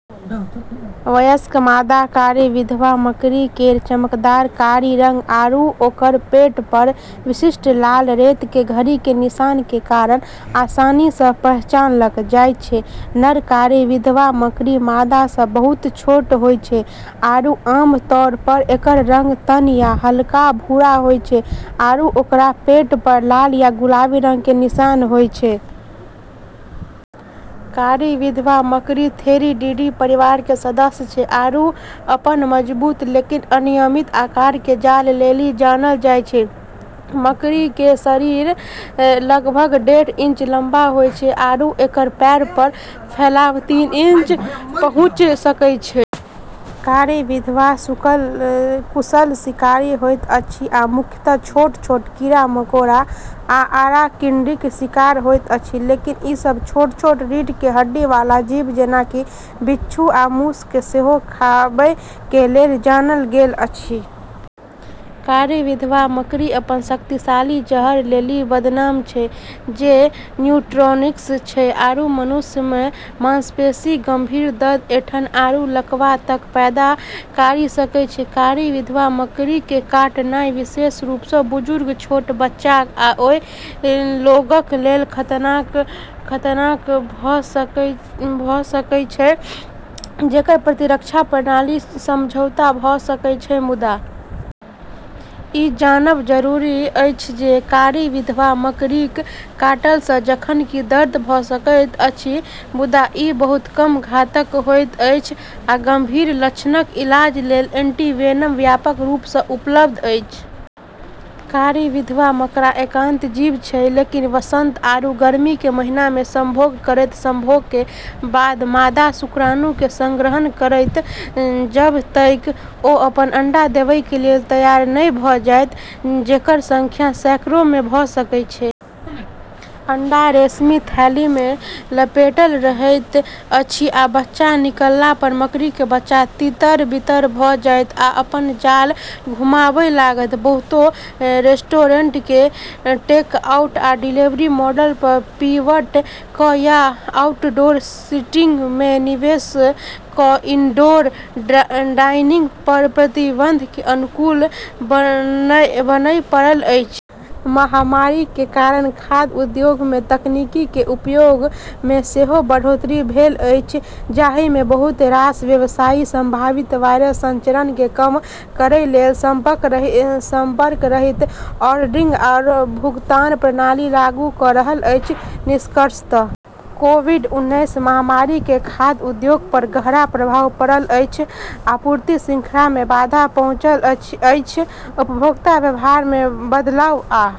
वयस्क मादा कारी विधवा मकड़ी केरऽ चमकदार कारी रंग आरू ओकरऽ पेट पऽ विशिष्ट लाल रेत के घड़ी के निशान के कारण आसानी सऽ पहचानलऽ जाय छै। नर कारी विधवा मकड़ी मादा सऽ बहुत छोटऽ होय छै आरू आम तौर पर एकरऽ रंग तन या हल्का भूरा होय छै आरू ओकरऽ पेट प॑ लाल या गुलाबी रंग के निशान होय छै। कारी विधवा मकड़ी थेरिडीडी परिवार के सदस्य छै आरू अपनऽ मजबूत, लेकिन अनियमित आकार के जाल लेली जानलऽ जाय छै। मकड़ी केरऽ शरीर लगभग डेढ़ इंच लम्बा होय छै, आरू एकरऽ पैर केरऽ फैलाव तीन इंच तक पहुँची सकै छै। कारी विधवा कुशल शिकारी होइत अछि आ मुख्यतः छोट-छोट कीड़ा-मकोड़ा आ अराक्निडक शिकार होइत अछि। लेकिन ई सब छोट-छोट रीढ़ के हड्डी वाला जीव जेना कि बिच्छू आ मूस के सेहो खाबै के लेल जानल गेल अछि। कारी विधवा मकड़ी अपनऽ शक्तिशाली जहर लेली बदनाम छै, जे न्यूरोटॉक्सिक छै, आरू मनुष्य मऽ मांसपेशी मऽ गंभीर दर्द, ऐंठन, आरू लकवा तक पैदा करी सकै छै। कारी विधवा मकड़ी के काटनाय विशेष रूप सऽ बुजुर्ग, छोट बच्चाक आ ओय लोगक लेल खतरनाक भ सकएय छै, जेकर प्रतिरक्षा प्रणाली समझौता भऽ सकएय छै ।मुदा, ई जानब जरूरी अछि जे कारी विधवा मकड़ीक काटला सऽ जखन कि दर्द भऽ सकैत अछि, मुदा ई बहुत कम घातक होइत अछि, आ गंभीर लक्षणक इलाज लेल एंटीवेनम व्यापक रूप सऽ उपलब्ध अछि। कारी विधवा मकड़ा एकांत जीव छै, लेकिन वसंत आरू गर्मी के महीना में संभोग करतै। संभोग के बाद मादा शुक्राणु के संग्रहण करतय, जब तइक ओ अपन अंडा देवय के लेल तैयार नहि भ जायत, जेकर संख्या सैकड़ों मे भ सकय छै। अंडा रेशमी थैली मे लपेटल रहैत अछि आ बच्चा निकलला पर मकड़ी के बच्चा तितर-बितर भ जायत आ अपन जाल घुमाबय लागत। बहुतो रेस्टोरेंट के टेकआउट आ डिलीवरी मॉडल पर पिवट क या आउटडोर सीटिंग में निवेश क इनडोर डाइनिंग पर प्रतिबंध के अनुकूल बनय पड़ल अछि। महामारी के कारण खाद्य उद्योग मे तकनीक के उपयोग मे सेहो बढ़ोतरी भेल अछि, जाहि मे बहुत रास व्यवसायी संभावित वायरस संचरण के कम करय लेल संपर्क रहित ऑर्डरिंग आ भुगतान प्रणाली लागू क रहल अछि ।निष्कर्षतः कोविड-उनैस महामारी के खाद्य उद्योग पर गहरा प्रभाव पड़ल अछि, आपूर्ति श्रृंखला में बाधा पहुंचल अछि, उपभोक्ता व्यवहार में बदलाव, आ ।